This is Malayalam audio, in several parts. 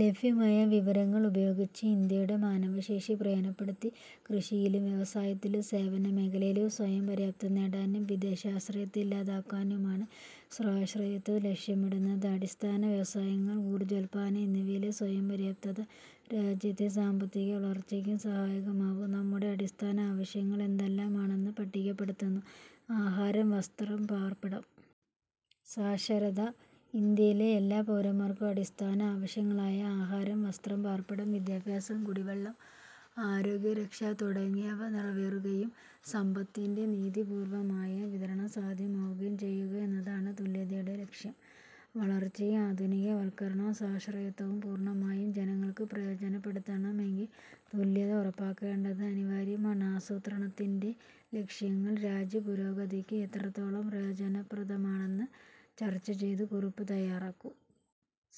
ലഭ്യമായ വിഭവങ്ങൾ ഉപയോഗിച്ച് ഇന്ത്യയുടെ മാനവശേഷി പ്രയോജനപ്പെടുത്തി കൃഷിയിലും വ്യവസായത്തിലും സേവനമേഖലയിലും സ്വയംപര്യാപ്തത നേടാനും വിദേശ ആശ്രയത്വം ഇല്ലാതാക്കാനുമാണ് സ്വാശ്രയത്വം ലക്ഷ്യമിടുന്നത്. അടിസ്ഥാന വ്യവസായങ്ങൾ, ഊർജോൽപ്പാദനം എന്നിവയിലെ സ്വയം പര്യാപ്തത രാജ്യത്തെ സാമ്പത്തികവളർച്ചയ്ക്കും സഹായകമാവും. നമ്മുടെ അടിസ്ഥാന ആവശ്യങ്ങൾ എന്തെല്ലാമാണെന്ന് പട്ടികപ്പെടുത്തു. ആഹാരം. വസ്ത്രം. പാർപ്പിടം. സാക്ഷരത. ഇന്ത്യയിലെ എല്ലാ പൗരന്മാർക്കും അടിസ്ഥാന ആവശ്യങ്ങളായ ആഹാരം, വസ്ത്രം, പാർപ്പിടം, വിദ്യാഭ്യാസം, കുടിവെള്ളം, ആരോഗ്യരക്ഷ തുടങ്ങിയവ നിറവേറുകയും സമ്പത്തിന്റെ നീതിപൂർവമായ വിതരണം സാധ്യമാവുകയും ചെയ്യുക എന്നതാണ് തുല്യതയുടെ ലക്ഷ്യം. വളർച്ചയും ആധുനികവൽക്കരണവും സ്വാശ്രയത്വവും പൂർണമായും ജനങ്ങൾക്ക് പ്രയോജനപ്പെടുത്തണമെങ്കിൽ തുല്യത ഉറപ്പാക്കേണ്ടത് അനിവാര്യമാണ്. ആസൂത്രണത്തിന്റെ ലക്ഷ്യങ്ങൾ രാജ്യപുരോഗതിക്ക് എത്രത്തോളം പ്രയോജനപ്രദമാണെന്നു ചർച്ച ചെയ്തു കുറിപ്പു തയാറാക്കൂ.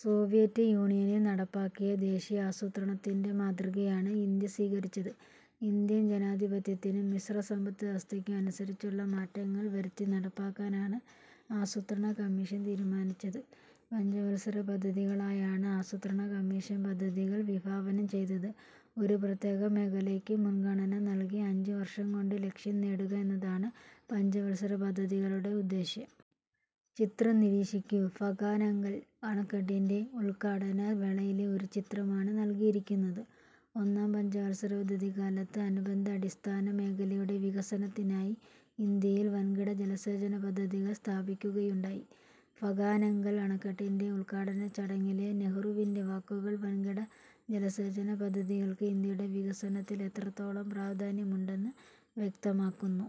സോവിയറ്റ് യൂണിയനിൽ നടപ്പാക്കിയ ദേശീയ ആസൂത്രണത്തിന്റെ മാതൃകയാണ് ഇന്ത്യ സ്വീകരിച്ചത്. ഇന്ത്യൻ ജനാധിപത്യത്തിനും മിശ്ര സമ്പദ് വ്യവസ്ഥയ്ക്കും അനുസരിച്ചുള്ള മാറ്റങ്ങൾ വരുത്തി നടപ്പാക്കാനാണ് ആസൂത്രണ കമ്മീഷൻ തീരുമാനിച്ചത്. പഞ്ചവൽസര പദ്ധതികളായാണ് ആസൂത്രണ കമ്മീഷൻ പദ്ധതികൾ വിഭാവനം ചെയ്തത്. ഒരു പ്രത്യേക മേഖലയ്ക്ക് മുൻഗണന നൽകി അഞ്ചുവർഷം കൊണ്ട് ലക്ഷ്യം നേടുക എന്നതാണ് പഞ്ചവത്സര പദ്ധതികളുടെ ഉദ്ദേശ്യം. ചിത്രം നിരീക്ഷിക്കൂ. ഭകാനംഗൽ അണക്കെട്ടിന്റെ ഉൽഘാടന വേളയിലെ ഒരു ചിത്രമാണ് നൽകിയിരിക്കുന്നത്. ഒന്നാം പഞ്ചവത്സരപദ്ധതിക്കാലത്ത് അനുബന്ധ അടിസ്ഥാന മേഖലയുടെ വികസനത്തിനായി ഇന്ത്യയിൽ വൻകിട ജലസേചന പദ്ധതികൾ സ്ഥാപിക്കുകയുണ്ടായി. ഭകാനംഗൽ അണക്കെട്ടിന്റെ ഉദ്ഘാടന ചടങ്ങിലെ നെഹ്റുവിന്റെ വാക്കുകൾ വൻകിട ജലസേചനപദ്ധതികൾക്ക് ഇന്ത്യയുടെ വികസനത്തിൽ എത്രത്തോളം പ്രാധാന്യമുണ്ടെന്ന് വ്യക്തമാക്കുന്നു.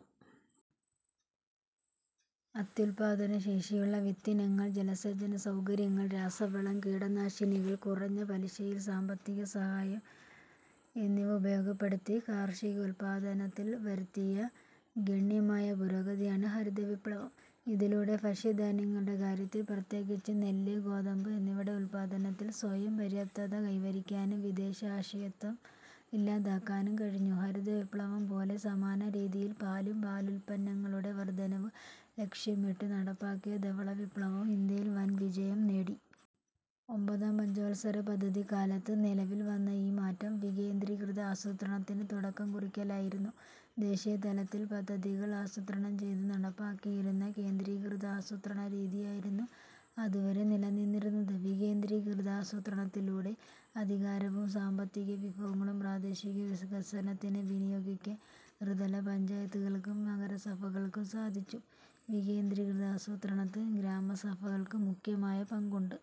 അത്യുൽപ്പാദനശേഷിയുള്ള വിത്തിനങ്ങൾ, ജലസേചനസൗകര്യങ്ങൾ, രാസവളം, കീടനാശിനികൾ, കുറഞ്ഞ പലിശയിൽ സാമ്പത്തികസഹായം എന്നിവ ഉപയോഗപ്പെടുത്തി കാർഷിക ഉൽപ്പാദനത്തിൽ വരുത്തിയ ഗണ്യമായ പുരോഗതിയാണ് ഹരിതവിപ്ലവം. ഇതിലൂടെ ഭക്ഷ്യധാന്യങ്ങളുടെ കാര്യത്തിൽ, പ്രത്യേകിച്ച് നെല്ല്, ഗോതമ്പ് എന്നിവയുടെ ഉല്പാദനത്തിൽ സ്വയംപര്യാപ്തത കൈവരിക്കാനും വിദേശ ആശയത്വം ഇല്ലാതാക്കാനും കഴിഞ്ഞു. ഹരിതവിപ്ലവം പോലെ സമാനരീതിയിൽ പാലും പാലുൽപ്പന്നങ്ങളുടെ വർധനവും ലക്ഷ്യമിട്ട് നടപ്പാക്കിയ ധവളവിപ്ലവവും ഇന്ത്യയിൽ വൻവിജയം നേടി. ഒമ്പതാം പഞ്ചവൽസരപദ്ധതിക്കാലത്തു നിലവിൽ വന്ന ഈ മാറ്റം വികേന്ദ്രീകൃത ആസൂത്രണത്തിന് തുടക്കം കുറിക്കലായിരുന്നു. ദേശീയതലത്തിൽ പദ്ധതികൾ ആസൂത്രണം ചെയ്തു നടപ്പാക്കിയിരുന്ന കേന്ദ്രീകൃത ആസൂത്രണരീതിയായിരുന്നു അതുവരെ നിലനിന്നിരുന്നത്. വികേന്ദ്രീകൃതാസൂത്രണത്തിലൂടെ, അധികാരവും സാമ്പത്തികവിഭവങ്ങളും പ്രാദേശിക വികസനത്തിനു വിനിയോഗിക്കാൻ ത്രിതല പഞ്ചായത്തുകൾക്കും നഗരസഭകൾക്കും സാധിച്ചു. വികേന്ദ്രീകൃത ആസൂത്രണത്തിൽ ഗ്രാമസഭകൾക്ക് മുഖ്യമായ പങ്കുണ്ട്.